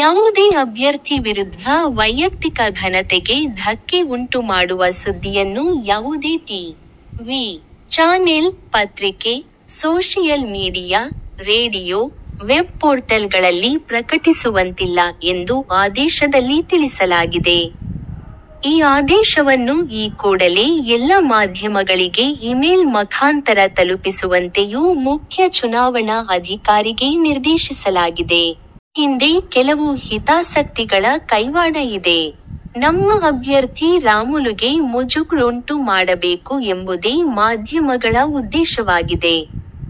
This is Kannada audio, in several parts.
ಯಾವುದೇ ಅಭ್ಯರ್ಥಿ ವಿರುದ್ಧ ವೈಯಕ್ತಿಕ ಘನತೆಗೆ ಧಕ್ಕೆ ಉಂಟು ಮಾಡುವ ಸುದ್ದಿಯನ್ನು ಯಾವುದೇ ಟಿ. ವಿ. ಚಾನೆಲ್, ಪತ್ರಿಕೆ, social media, radio, web portal ಗಳಲ್ಲಿ ಪ್ರಕಟಿಸುವಂತಿಲ್ಲ' ಎಂದು ಆದೇಶದಲ್ಲಿ ತಿಳಿಸಲಾಗಿದೆ. ಈ ಆದೇಶವನ್ನು ಈ ಕೂಡಲೇ ಎಲ್ಲ ಮಾಧ್ಯಮಗಳಿಗೆ ಇಮೇಲ್ ಮಖಾಂತರ ತಲುಪಿಸುವಂತೆಯೂ ಮುಖ್ಯ ಚುನಾವಣಾ ಅಧಿಕಾರಿಗೆ ನಿರ್ದೇಶಿಸಲಾಗಿದೆ. ಇದರ ಹಿಂದೆ ಕೆಲವು ಹಿತಾಸಕ್ತಿಗಳ ಕೈವಾಡ ಇದೆ. ನಮ್ಮ ಅಭ್ಯರ್ಥಿ ರಾಮುಲುಗೆ ಮುಜುಗರ ಉಂಟು ಮಾಡಬೇಕು ಎಂಬುದೇ ಮಾಧ್ಯಮಗಳ ಉದ್ದೇಶವಾಗಿದೆ.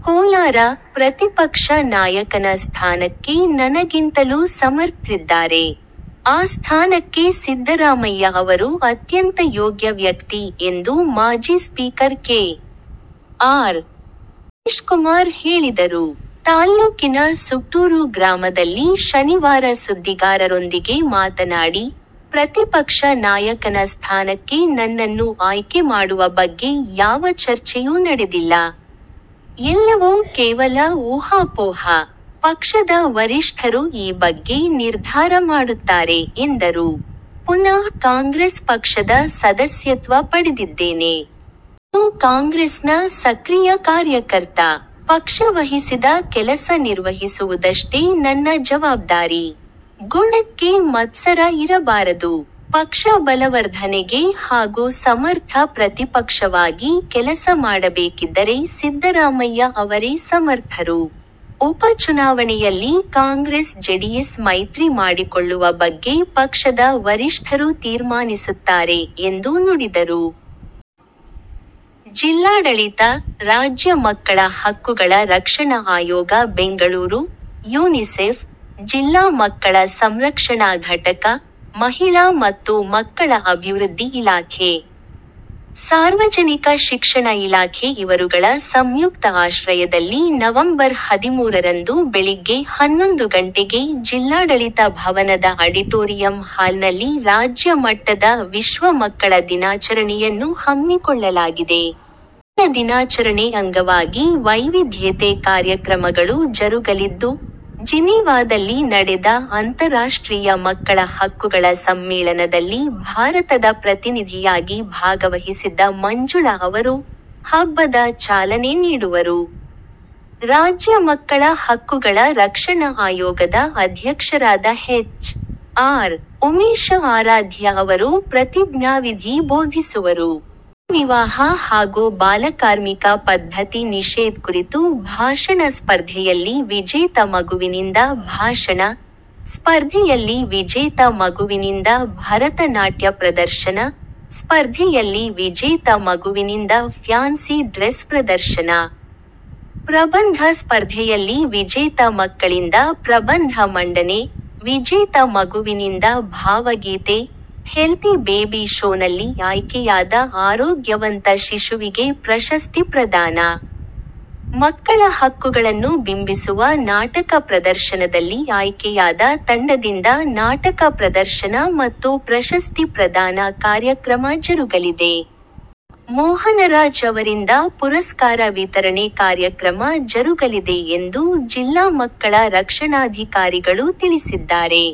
ಕೋಲಾರ: 'ಪ್ರತಿಪಕ್ಷ ನಾಯಕನ ಸ್ಥಾನಕ್ಕೆ ನನಗಿಂತಲೂ ಸಮರ್ಥರಿದ್ದಾರೆ. ಆ ಸ್ಥಾನಕ್ಕೆ ಸಿದ್ದರಾಮಯ್ಯ ಅವರು ಅತ್ಯಂತ ಯೋಗ್ಯ ವ್ಯಕ್ತಿ' ಎಂದು ಮಾಜಿ ಸ್ಪೀಕರ್ ಕೆ. ಆರ್. ರಮೇಶ್ಕುಮಾರ್ ಹೇಳಿದರು. ತಾಲ್ಲೂಕಿನ ಸುಗಟೂರು ಗ್ರಾಮದಲ್ಲಿ ಶನಿವಾರ ಸುದ್ದಿಗಾರರೊಂದಿಗೆ ಮಾತನಾಡಿ, 'ಪ್ರತಿಪಕ್ಷ ನಾಯಕನ ಸ್ಥಾನಕ್ಕೆ ನನ್ನನ್ನು ಆಯ್ಕೆ ಮಾಡುವ ಬಗ್ಗೆ ಯಾವ ಚರ್ಚೆಯೂ ನಡೆದಿಲ್ಲ. ಎಲ್ಲವೂ ಕೇವಲ ಊಹಾಪೋಹ. ಪಕ್ಷದ ವರಿಷ್ಠರು ಈ ಬಗ್ಗೆ ನಿರ್ಧಾರ ಮಾಡುತ್ತಾರೆ' ಎಂದರು. 'ಪುನಃ ಕಾಂಗ್ರೆಸ್ ಪಕ್ಷದ ಸದಸ್ಯತ್ವ ಪಡೆದಿದ್ದೇನೆ. ನಾನು ಕಾಂಗ್ರೆಸ್ನ ಸಕ್ರಿಯ ಕಾರ್ಯಕರ್ತ. ಪಕ್ಷ ವಹಿಸಿದ ಕೆಲಸ ನಿರ್ವಹಿಸುವುದಷ್ಟೇ ನನ್ನ ಜವಾಬ್ದಾರಿ. ಗುಣಕ್ಕೆ ಮತ್ಸರ ಇರಬಾರದು. ಪಕ್ಷ ಬಲವರ್ಧನೆಗೆ ಹಾಗೂ ಸಮರ್ಥ ಪ್ರತಿಪಕ್ಷವಾಗಿ ಕೆಲಸ ಮಾಡಬೇಕಿದ್ದರೆ ಸಿದ್ದರಾಮಯ್ಯ ಅವರೇ ಸಮರ್ಥರು. ಉಪ ಚುನಾವಣೆಯಲ್ಲಿ ಕಾಂಗ್ರೆಸ್- ಜೆಡಿಎಸ್ ಮೈತ್ರಿ ಮಾಡಿಕೊಳ್ಳುವ ಬಗ್ಗೆ ಪಕ್ಷದ ವರಿಷ್ಠರು ತೀರ್ಮಾನಿಸುತ್ತಾರೆ' ಎಂದು ನುಡಿದರು. ಜಿಲ್ಲಾಡಳಿತ, ರಾಜ್ಯ ಮಕ್ಕಳ ಹಕ್ಕುಗಳ ರಕ್ಷಣಾ ಆಯೋಗ ಬೆಂಗಳೂರು, ಯೂನಿಸೆಫ್, ಜಿಲ್ಲಾ ಮಕ್ಕಳ ಸಂರಕ್ಷಣಾ ಘಟಕ, ಮಹಿಳಾ ಮತ್ತು ಮಕ್ಕಳ ಅಭಿವೃದ್ದಿ ಇಲಾಖೆ, ಸಾರ್ವಜನಿಕ ಶಿಕ್ಷಣ ಇಲಾಖೆ ಇವರುಗಳ ಸಂಯುಕ್ತ ಆಶ್ರಯದಲ್ಲಿ ನವಂಬರ್ ಹದಿಮೂರರಂದು ಬೆಳಿಗ್ಗೆ ಹನ್ನೊಂದು ಗಂಟೆಗೆ ಜಿಲ್ಲಾಡಳಿತ ಭವನದ ಅಡಿಟೋರಿಯಂ ಹಾಲ್ನಲ್ಲಿ ರಾಜ್ಯ ಮಟ್ಟದ ವಿಶ್ವ ಮಕ್ಕಳ ದಿನಾಚರಣೆಯನ್ನು ಹಮ್ಮಿಕೊಳ್ಳಲಾಗಿದೆ. ಮಕ್ಕಳ ದಿನಾಚರಣೆ ಅಂಗವಾಗಿ ವೈವಿಧ್ಯೆತೆ ಕಾರ್ಯಕ್ರಮಗಳು ಜರುಗಲಿದ್ದು, ಜಿನೇವಾದಲ್ಲಿ ನಡೆದ ಅಂತರಾಷ್ಟ್ರೀಯ ಮಕ್ಕಳ ಹಕ್ಕುಗಳ ಸಮ್ಮೇಳನದಲ್ಲಿ ಭಾರತದ ಪ್ರತಿನಿಧಿಯಾಗಿ ಭಾಗವಹಿಸಿದ್ದ ಮಂಜುಳಾ ಅವರು, ಹಬ್ಬದ ಚಾಲನೆ ನೀಡುವರು. ರಾಜ್ಯ ಮಕ್ಕಳ ಹಕ್ಕುಗಳ ರಕ್ಷಣಾ ಆಯೋಗದ ಅಧ್ಯಕ್ಷರಾದ ಹೆಚ್. ಆರ್. ಉಮೇಶ ಆರಾಧ್ಯ ಅವರು ಪ್ರತಿಜ್ಞಾವಿಧಿ ಬೋಧಿಸುವರು. ಬಾಲ್ಯವಿವಾಹ ಹಾಗು ಬಾಲಕಾರ್ಮಿಕ ಪದ್ಧತಿ ನಿಷೇದ ಕುರಿತು ಭಾಷಣ ಸ್ಪರ್ಧೆಯಲ್ಲಿ ವಿಜೇತ ಮಗುವಿನಿಂದ ಭಾಷಣ, ಸ್ಪರ್ಧೆಯಲ್ಲಿ ವಿಜೇತ ಮಗುವಿನಿಂದ ಭರತ ನಾಟ್ಯ ಪ್ರದರ್ಶನ, ಸ್ಪರ್ಧೆಯಲ್ಲಿ ವಿಜೇತ ಮಗುವಿನಿಂದ ಫ್ಯಾನ್ಸಿ ಡ್ರೆಸ್ ಪ್ರದರ್ಶನ, ಪ್ರಬಂಧ ಸ್ಪರ್ಧೆಯಲ್ಲಿ ವಿಜೇತ ಮಕ್ಕಳಿಂದ ಪ್ರಬಂಧ ಮಂಡನೆ, ವಿಜೇತ ಮಗುವಿನಿಂದ ಭಾವಗೀತೆ, ಹೆಲ್ತಿ ಬೇಬಿ ಶೋನಲ್ಲಿ ಆಯ್ಕೆಯಾದ ಆರೋಗ್ಯವಂತ ಶಿಶುವಿಗೆ ಪ್ರಶಸ್ತಿ ಪ್ರದಾನ, ಮಕ್ಕಳ ಹಕ್ಕುಗಳನ್ನು ಬಿಂಬಿಸುವ ನಾಟಕ ಪ್ರದರ್ಶನದಲ್ಲಿ ಆಯ್ಕೆಯಾದ ತಂಡದಿಂದ ನಾಟಕ ಪ್ರದರ್ಶನ ಮತ್ತು ಪ್ರಶಸ್ತಿ ಪ್ರದಾನ ಕಾರ್ಯಕ್ರಮ ಜರುಗಲಿದೆ. ಪಿ. ಮೋಹನರಾಜ್ ಅವರಿಂದ ಪುರಸ್ಕಾರ ವಿತರಣೆ ಕಾರ್ಯಕ್ರಮ ಜರುಗಲಿದೆ ಎಂದು ಜಿಲ್ಲಾ ಮಕ್ಕಳ ರಕ್ಷಣಾಧಿಕಾರಿಗಳು ತಿಳಿಸಿದ್ದಾರೆ.